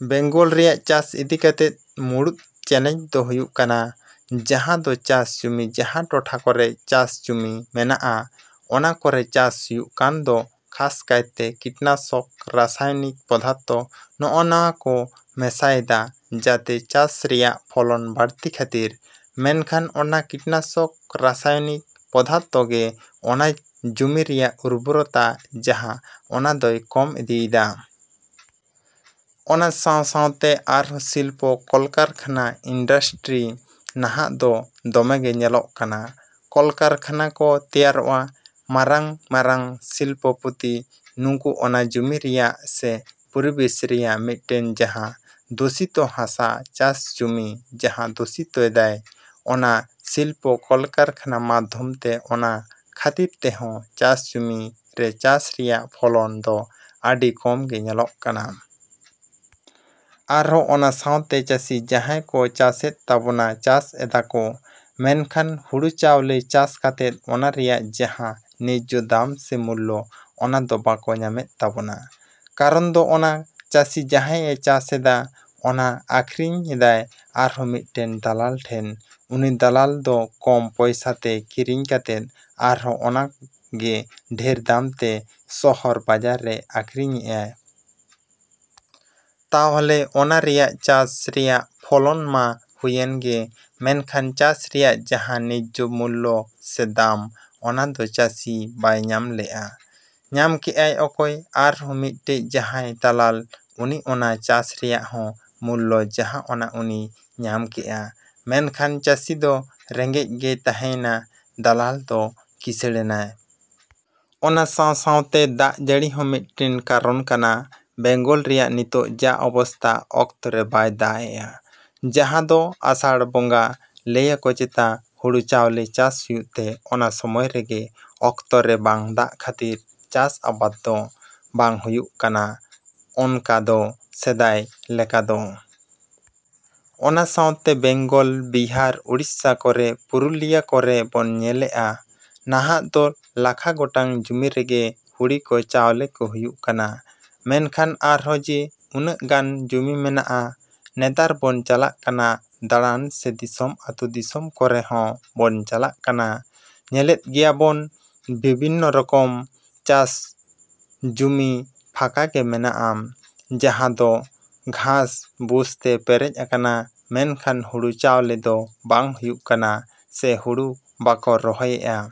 ᱵᱮᱝᱜᱚᱞ ᱨᱮᱭᱟᱜ ᱪᱟᱥ ᱤᱫᱤ ᱠᱟᱛᱮᱫ ᱢᱩᱲᱩᱫ ᱪᱮᱞᱮᱧᱡ ᱫᱚ ᱦᱩᱭᱩᱜ ᱠᱟᱱᱟ ᱱᱟᱦᱟᱜ ᱫᱚ ᱪᱟᱥ ᱡᱚᱢᱤ ᱡᱟᱦᱟᱸ ᱴᱚᱴᱷᱟ ᱠᱚᱨᱮ ᱪᱟᱥ ᱡᱩᱢᱤ ᱢᱮᱱᱟᱜᱼᱟ ᱚᱱᱟ ᱠᱚᱨᱮ ᱪᱟᱥ ᱦᱩᱭᱩᱜ ᱠᱟᱱ ᱫᱚ ᱠᱷᱟᱥ ᱠᱟᱭᱛᱮ ᱠᱤᱴᱱᱟᱥᱚᱠ ᱨᱟᱥᱟᱭᱚᱱᱤᱠ ᱯᱚᱫᱟᱨᱛᱷᱚ ᱱᱚᱜᱱᱟᱠᱚ ᱢᱮᱥᱟᱭᱮᱫᱟ ᱡᱟᱛᱮ ᱪᱟᱥ ᱨᱮᱭᱟᱜ ᱯᱷᱚᱞᱚᱱ ᱵᱟᱹᱲᱛᱤ ᱠᱷᱟᱹᱛᱤᱨ ᱢᱮᱱᱠᱷᱟᱱ ᱚᱱᱟ ᱠᱤᱴᱱᱟᱥᱚᱠ ᱨᱟᱥᱟᱭᱚᱱᱤᱠ ᱯᱚᱫᱟᱨᱛᱷᱚ ᱜᱮ ᱚᱱᱟ ᱡᱚᱢᱤ ᱨᱮᱭᱟᱜ ᱩᱨᱵᱚᱨᱛᱟ ᱡᱟᱦᱟᱸ ᱚᱱᱟ ᱫᱚᱭ ᱠᱚᱢ ᱤᱫᱤᱭᱮᱫᱟ᱾ ᱚᱱᱟ ᱥᱟᱶ ᱥᱟᱶᱛᱮ ᱟᱨᱚ ᱥᱤᱞᱯᱚ ᱠᱚᱞᱠᱟᱨᱠᱷᱟᱱᱟ ᱤᱱᱰᱟᱥᱴᱨᱤ ᱱᱟᱦᱟᱜ ᱫᱚ ᱫᱚᱢᱮ ᱜᱮ ᱧᱮᱞᱚᱜ ᱠᱟᱱᱟ ᱠᱚᱞᱠᱟᱨᱠᱷᱟᱱᱟ ᱠᱚ ᱛᱮᱭᱨᱮᱜᱼᱟ ᱢᱟᱨᱟᱝ ᱢᱟᱨᱟᱝ ᱥᱤᱞᱯᱚ ᱯᱚᱛᱤ ᱩᱱᱠᱩ ᱚᱱᱟ ᱡᱚᱢᱤ ᱨᱮᱭᱟ ᱥᱮ ᱯᱚᱨᱤᱵᱮᱥ ᱨᱮᱭᱟᱜ ᱢᱤᱫᱴᱮᱱ ᱡᱟᱦᱟᱸ ᱫᱩᱥᱤᱛᱳ ᱦᱟᱥᱟ ᱪᱟᱥ ᱡᱚᱢᱤ ᱡᱟᱦᱟᱸ ᱫᱩᱥᱤᱛᱳ ᱮᱫᱟᱭ ᱚᱱᱟ ᱥᱤᱞᱯᱳ ᱠᱚᱞᱠᱟᱨᱠᱷᱟᱱᱟ ᱢᱟᱫᱷᱚᱢ ᱛᱮ ᱚᱱᱟ ᱠᱷᱟᱹᱛᱤᱨ ᱛᱮᱦᱚᱸ ᱪᱟᱥ ᱡᱚᱢᱤ ᱨᱮ ᱪᱟᱥ ᱨᱮᱭᱟᱜ ᱯᱷᱚᱞᱚᱱ ᱫᱚ ᱟᱹᱰᱤ ᱠᱚᱢᱜᱮ ᱧᱮᱞᱚᱜ ᱠᱟᱱᱟ᱾ ᱟᱨᱦᱚᱸ ᱚᱱᱟ ᱥᱟᱶᱛᱮ ᱪᱟᱹᱥᱤ ᱡᱟᱦᱟᱸᱭ ᱠᱚ ᱪᱟᱥᱮᱫ ᱛᱟᱵᱚᱱᱟ ᱪᱟᱥ ᱮᱫᱟ ᱠᱚ ᱢᱮᱱᱠᱷᱟᱱ ᱦᱩᱲᱩ ᱪᱟᱣᱞᱮ ᱪᱟᱥ ᱠᱟᱛᱮᱫ ᱚᱱᱟ ᱨᱮᱭᱟᱜ ᱡᱟᱦᱟᱸ ᱱᱮᱡᱡᱷᱚ ᱫᱟᱢ ᱥᱮ ᱢᱩᱞᱞᱚ ᱚᱱᱟᱫᱚ ᱵᱟᱠᱚ ᱧᱟᱢᱮᱫ ᱛᱟᱵᱚᱱᱟ᱾ ᱠᱟᱨᱚᱱ ᱫᱚ ᱚᱱᱟ ᱪᱟᱹᱥᱤ ᱡᱟᱦᱟᱭ ᱮ ᱪᱟᱥ ᱮᱫᱟ ᱚᱱᱟ ᱟᱹᱠᱷᱟᱨᱤᱧ ᱮᱫᱟᱭ ᱟᱨᱚ ᱢᱤᱫᱴᱟᱝ ᱫᱟᱞᱟᱞ ᱴᱷᱮᱱ ᱩᱱᱤ ᱫᱟᱞᱟᱞ ᱫᱚ ᱠᱚᱢ ᱯᱚᱭᱥᱟ ᱛᱮ ᱠᱤᱨᱤᱧ ᱠᱟᱛᱮᱫ ᱟᱨᱚᱦᱚᱸ ᱚᱱᱟ ᱜᱮ ᱰᱷᱮᱨ ᱫᱟᱢ ᱛᱮ ᱥᱚᱦᱚᱨ ᱵᱟᱡᱟᱨᱮᱭ ᱟᱹᱠᱷᱟᱹᱨᱤᱧᱮᱜᱼᱟ᱾ ᱛᱟᱦᱚᱞᱮ ᱚᱱᱟ ᱨᱮᱭᱟᱜ ᱪᱟᱥ ᱨᱮᱭᱟᱜ ᱯᱷᱚᱞᱚᱱ ᱢᱟ ᱦᱩᱭᱮᱱ ᱜᱮ ᱢᱮᱱᱠᱷᱟᱱ ᱪᱟᱥ ᱨᱮᱭᱟᱜ ᱡᱟᱦᱟᱸ ᱱᱮᱡᱷᱭᱚ ᱢᱩᱞᱞᱚ ᱥᱮ ᱫᱟᱢ ᱚᱱᱟ ᱫᱚ ᱪᱟᱹᱥᱤ ᱵᱟᱭ ᱧᱟᱢ ᱞᱮᱜᱼᱟ᱾ ᱧᱟᱢ ᱠᱮᱜ ᱟᱭ ᱚᱠᱚᱭ ᱟᱨᱚᱦᱚᱸ ᱢᱤᱫᱴᱮᱡ ᱡᱟᱦᱟᱭ ᱫᱟᱞᱟᱞ ᱩᱱᱤ ᱚᱱᱟ ᱪᱟᱥ ᱨᱮᱭᱟᱜ ᱦᱚᱸ ᱢᱩᱞᱞᱚ ᱡᱟᱦᱟᱸ ᱚᱱᱟ ᱩᱱᱤᱭ ᱧᱟᱢ ᱠᱮᱜᱼᱟ ᱢᱮᱱ ᱠᱷᱟᱱ ᱪᱟᱹᱥᱤ ᱫᱚ ᱨᱮᱜᱮᱡ ᱜᱮᱭ ᱛᱟᱦᱮᱸᱭᱮᱱᱟ ᱫᱟᱞᱟᱞ ᱫᱚ ᱠᱤᱥᱟᱹᱲ ᱮᱱᱟ᱾ ᱚᱱᱟ ᱥᱟᱶ ᱥᱟᱶᱛᱮ ᱫᱟᱜ ᱡᱟᱹᱲᱤ ᱦᱚᱸ ᱢᱤᱫᱴᱟᱝ ᱠᱟᱨᱚᱱ ᱠᱟᱱᱟ ᱵᱮᱝᱜᱚᱞ ᱨᱮᱭᱟᱜ ᱱᱤᱛᱚᱜ ᱡᱟ ᱚᱵᱚᱥᱛᱟ ᱚᱠᱛᱚ ᱨᱮ ᱵᱟᱭ ᱫᱟᱜ ᱮᱜᱼᱟ ᱡᱟᱦᱟᱸ ᱫᱚ ᱟᱥᱟᱲ ᱵᱚᱸᱜᱟ ᱞᱟᱹᱭᱟᱠᱚ ᱪᱮᱛᱟ ᱦᱩᱲᱩ ᱪᱟᱣᱞᱮ ᱪᱟᱥ ᱦᱩᱭᱩᱜ ᱛᱮ ᱚᱱᱟ ᱥᱳᱢᱳᱭ ᱨᱮᱜᱮ ᱚᱠᱛᱚ ᱨᱮ ᱵᱟᱝ ᱫᱟᱜ ᱠᱷᱟᱹᱛᱤᱨ ᱪᱟᱥ ᱟᱵᱟᱫ ᱫᱚ ᱵᱟᱝ ᱦᱩᱭᱩᱜ ᱠᱟᱱᱟ ᱚᱱᱠᱟ ᱫᱚ ᱥᱮᱫᱟᱭ ᱞᱮᱠᱟ ᱫᱚ᱾ ᱚᱱᱟ ᱥᱟᱶᱛᱮ ᱵᱮᱝᱜᱚᱞ ᱵᱤᱦᱟᱨ ᱳᱲᱤᱥᱟ ᱠᱚᱨᱮ ᱯᱩᱨᱩᱞᱤᱭᱟ ᱠᱚᱨᱮ ᱵᱚᱱ ᱧᱮᱞᱮᱜᱼᱟ ᱱᱟᱦᱟᱜ ᱫᱚ ᱞᱟᱠᱷᱟ ᱜᱚᱴᱟᱝ ᱡᱚᱢᱤ ᱨᱮᱜᱮ ᱦᱩᱲᱤ ᱠᱚ ᱪᱟᱣᱞᱮ ᱠᱚ ᱦᱩᱭᱩᱜ ᱠᱟᱱᱟ ᱢᱮᱱᱠᱷᱟᱱ ᱟᱨᱦᱚᱸ ᱡᱮ ᱩᱱᱟᱹᱜ ᱜᱟᱱ ᱡᱚᱢᱤ ᱢᱮᱱᱟᱜᱼᱟ ᱱᱮᱛᱟᱨ ᱵᱚᱱ ᱪᱟᱞᱟᱜ ᱠᱟᱱᱟ ᱫᱟᱲᱟᱱ ᱥᱮ ᱫᱤᱥᱚᱢ ᱟᱛᱩ ᱫᱤᱥᱚᱢ ᱠᱚᱨᱮ ᱦᱚᱸ ᱵᱚᱱ ᱪᱟᱞᱟᱜ ᱠᱟᱱᱟ ᱧᱮᱞᱮᱫ ᱜᱮᱭᱟ ᱵᱚᱱ ᱵᱤᱵᱷᱤᱱᱚ ᱨᱚᱠᱚᱢ ᱪᱟᱥ ᱡᱩᱢᱤ ᱯᱷᱟᱠᱟ ᱜᱮ ᱢᱮᱱᱟᱜᱼᱟ ᱡᱟᱦᱟᱸ ᱫᱚ ᱜᱷᱟᱥ ᱵᱩᱥ ᱛᱮ ᱯᱮᱨᱮᱡ ᱟᱠᱟᱱᱟ ᱢᱮᱱᱠᱷᱟᱱ ᱦᱩᱲᱩ ᱪᱟᱣᱞᱮ ᱫᱚ ᱵᱟᱝ ᱦᱩᱭᱩᱜ ᱠᱟᱱᱟ ᱥᱮ ᱦᱩᱲᱩ ᱵᱟᱠᱚ ᱨᱚᱦᱚᱭᱮᱜᱼᱟ᱾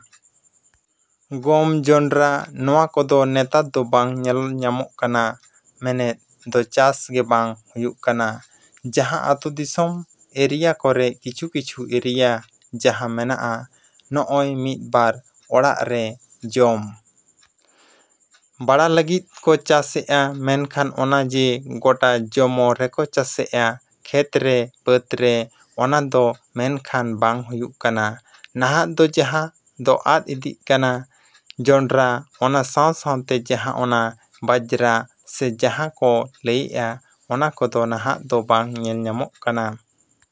ᱜᱚᱢ ᱡᱚᱸᱰᱨᱟ ᱱᱚᱣᱟ ᱠᱚᱫᱚ ᱱᱮᱛᱟᱨ ᱫᱚ ᱵᱟᱝ ᱧᱮᱞ ᱧᱟᱢᱚᱜ ᱠᱟᱱᱟ ᱢᱮᱱᱮᱫ ᱫᱚ ᱪᱟᱥ ᱜᱮ ᱵᱟᱝ ᱦᱩᱭᱩᱜ ᱠᱟᱱᱟ ᱡᱟᱦᱟᱸ ᱟᱛᱳ ᱫᱤᱥᱚᱢ ᱮᱨᱤᱭᱟ ᱠᱚᱨᱮ ᱠᱤᱪᱷᱩ ᱠᱤᱪᱷᱩ ᱮᱨᱤᱭᱟ ᱡᱟᱦᱟᱸ ᱢᱮᱱᱟᱜᱼᱟ ᱱᱚᱜᱼᱚᱭ ᱢᱤᱫ ᱵᱟᱨ ᱚᱲᱟᱜ ᱨᱮ ᱡᱚᱢ ᱵᱟᱲᱟ ᱞᱟᱹᱜᱤᱫ ᱠᱚ ᱪᱟᱥᱮᱜᱼᱟ ᱢᱮᱱᱠᱷᱟᱱ ᱚᱱᱟ ᱡᱮ ᱜᱚᱴᱟ ᱡᱚᱢᱚ ᱨᱮᱠᱚ ᱪᱟᱥᱮᱜᱼᱟ ᱠᱷᱮᱛ ᱨᱮ ᱵᱟᱹᱫ ᱨᱮ ᱚᱱᱟ ᱫᱚ ᱢᱮᱱᱠᱷᱟᱱ ᱵᱟᱝ ᱦᱩᱭᱩᱜ ᱠᱟᱱᱟ ᱱᱟᱦᱟᱜ ᱫᱚ ᱡᱟᱦᱟᱸ ᱫᱚ ᱟᱫ ᱤᱫᱤᱜ ᱠᱟᱱᱟ ᱡᱚᱸᱰᱨᱟ ᱚᱱᱟ ᱥᱟᱶ ᱥᱟᱶᱛᱮ ᱡᱟᱦᱟᱸ ᱚᱱᱟ ᱵᱟᱡᱽᱨᱟ ᱥᱮ ᱡᱟᱦᱟᱸ ᱠᱚ ᱞᱟᱹᱭᱮᱜᱼᱟ ᱚᱱᱟ ᱠᱚᱫᱚ ᱱᱟᱦᱟᱜ ᱫᱚ ᱵᱟᱝ ᱧᱮᱞ ᱧᱟᱢᱚᱜ ᱠᱟᱱᱟ᱾